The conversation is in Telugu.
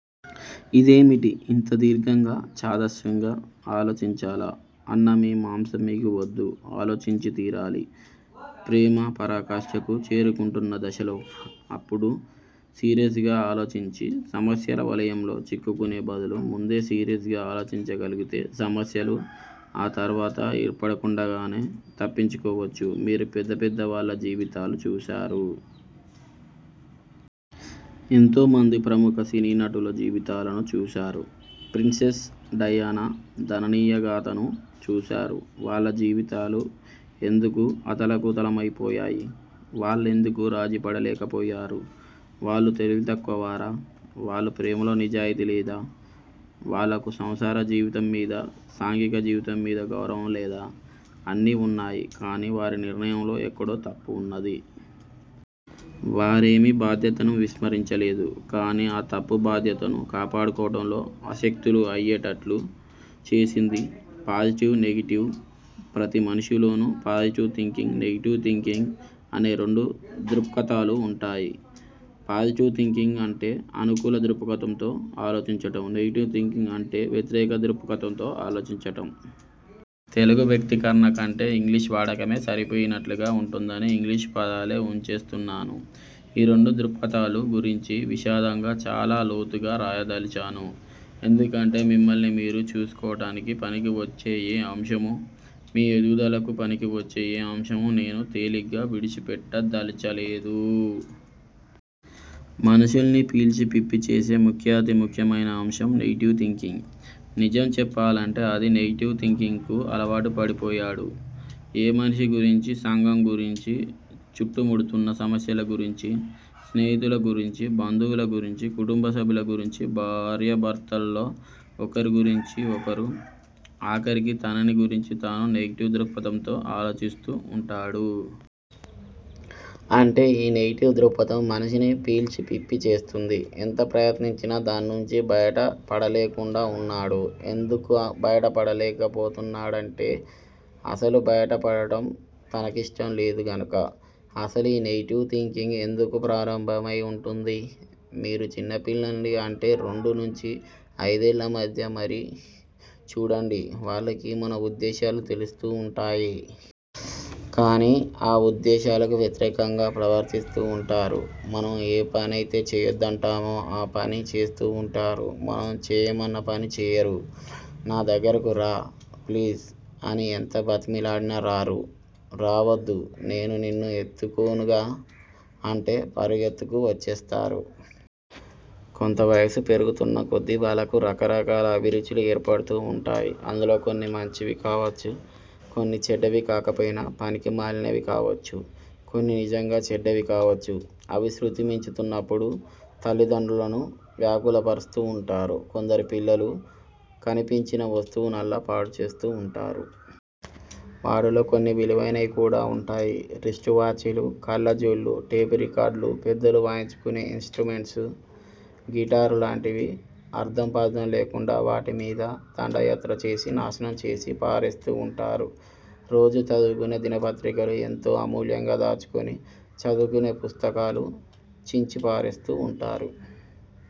ఇదేమిటి ఇంత దీర్ఘంగా, చాదస్తంగా ఆలోచించాలా అన్న మీమాంస మీకు వద్దు ఆలోచించితీరాలి! ప్రేమ పరాకాష్ఠకు చేరుకుంటున్న దశలో, అప్పుడు సీరియస్ గా ఆలోచించి సమస్యల వలయంలో చిక్కుకునే బదులు ముందే సీరియస్ గా ఆలోచించగలిగితే సమస్యలు ఆ తర్వాత ఏర్పడకుండా గానే తప్పించుకోవచ్చు. మీరు పెద్ద పెద్ద వాళ్ళ జీవితాలు చూశారు. ఎంతోమంది ప్రముఖ సినీనటుల జీవితాలను చూశారు. ప్రిన్సెస్ డయానా దయనీయగాథను చూశారు. వాళ్ళ జీవితాలు ఎందుకు అతలాకుతలమైపోయాయి? వాళ్ళెందుకు రాజీపడలేకపోయారు? వాళ్ళు తెలివితక్కువ వారా? వాళ్ళ ప్రేమలో నిజాయితీ లేదా? వాళ్ళకి సంసార జీవితమ్మీదా, సాంఘిక జీవితంమీదా గౌరవం లేదా? అన్నీ వున్నాయి. కాని వారి నిర్ణయంలో ఎక్కడో తప్పు వున్నది. వారేమీ బాధ్యతను విస్మరించలేదు. కాని ఆ తప్పు బాధ్యతను కాపాడుకోవటంలో అశక్తులు అయ్యేటట్లు చేసింది. పాజిటివ్, నెగెటివ్ ప్రతిమనిషిలోనూ పాజిటివ్ థింకింగ్, నెగెటివ్ థింకింగ్ అనే రెండు దృక్పథాలు వుంటాయి. పాజిటివ్ థింకింగ్ అంటే అనుకూల దృక్పథంతో ఆలోచించటం. నెగెటివ్ థింకింగ్ అంటే వ్యతిరేక దృక్పథంతో ఆలోచించటం. తెలుగు వ్యక్తీకరణ కంటే ఇంగ్లీషు వాడకమే సరిపోయినట్లుగా వుంటుందని ఇంగ్లీషు పదాలే వుంచేస్తున్నాను. ఈ రెండు దృక్పథాలు గురించీ విశదంగా, చాలా లోతుగా రాయదలిచాను. ఎందుకంటే మిమ్మల్ని మీరు చూసుకోవటానికి పనికివచ్చే ఏ అంశమూ, మీ ఎదుగుదలకు పనికివచ్చే ఏ అంశమూ నేను తేలిగ్గా విడిచిపెట్టదలచలేదు. మనుషుల్ని పీల్చి పిప్పి చేసే ముఖ్యాతి ముఖ్యమైన అంశం నెగెటివ్ థింకింగ్. నిజం చెప్పాలంటే ఆది నెగెటివ్ థింకింగ్ కు అలవాటు పడిపోయాడు. ఏ మనిషి గురించీ సంఘం గురించీ చుట్టుముడుతున్న సమస్యలగురించీ, స్నేహితుల గురించీ, బంధువుల గురించీ, కుటుంబసభ్యుల గురించీ, భార్యాభర్తల్లో ఒకరి గురించి ఒకరూ, ఆఖరికి తనని గురించి తానూ నెగెటివ్ దృక్పథంతో ఆలోచిస్తూ వుంటాడు. అంటే ఈ నెగెటివ్ దృక్పథం మనిషిని పీల్చి పిప్పి చేస్తోంది. ఎంత ప్రయత్నించినా దాన్నుంచి బయట పడలేకుండా వున్నాడు. ఎందుకు బయట పడలేకపోతున్నాడంటే-అసలు బయటపడటం తనకిష్టంలేదు గనుక. అసలు ఈ నెగెటివ్ థింకింగ్ ఎందుకు ప్రారంభమై వుంటుంది? మీరు చిన్నపిల్లల్ని అంటే రెండునుంచి అయిదేళ్ళ మధ్య మరీ చూడండి వాళ్ళకి మన ఉద్దేశాలు తెలుస్తూ వుంటాయి. కాని ఆ ఉద్దేశాలకు వ్యతిరేకంగా ప్రవర్తిస్తూ వుంటారు. మనం ఏ పనైతే చేయొద్దంటామో ఆ పని చేస్తూ వుంటారు. మనం చేయమన్న పని చేయరు. నా దగ్గరకు రా, ప్లీజ్! అని ఎంత బతిమిలాడినా రారు. రావద్దు, నేను నిన్ను ఎత్తుకోనుగా? అంటే పరిగెత్తుకు వచ్చేస్తారు. కొంత వయసు పెరుగుతున్నకొద్దీ వాళ్ళకు రకరకాల అభిరుచులు ఏర్పడుతూ వుంటాయి. అందులో కొన్ని మంచివి కావచ్చు. కొన్ని చెడ్డవి కాకపోయినా పనికి మాలినవి కావచ్చు. కొన్ని నిజంగా చెడ్డవి కావచ్చు. అవి శ్రుతిమించుతున్నప్పుడు తల్లిదండ్రులను వ్యాకులపరుస్తూ వుంటారు. కొందరు పిల్లలు కనిపించిన వస్తువునల్లా పాడుచేస్తూ వుంటారు. వాటిలో కొన్ని విలువైనవి కూడా వుంటాయి. రిస్ట్ వాచీలు, కళ్ళజోళ్ళు, టేప్ రికార్డర్ లు, పెద్దలు వాయించుకునే ఇన్ స్ట్రుమెంట్స్, గిటార్ లాంటివి అర్ధంపర్ధం లేకుండా వాటిమీద దండయాత్ర చేసి నాశనం చేసి పారేస్తూ ఉంటారు. రోజూ చదువుకునే దినపత్రికలూ, ఎంతో అమూల్యంగా దాచుకుని చదువుకునే పుస్తకాలూ చించిపారేస్తూ వుంటారు.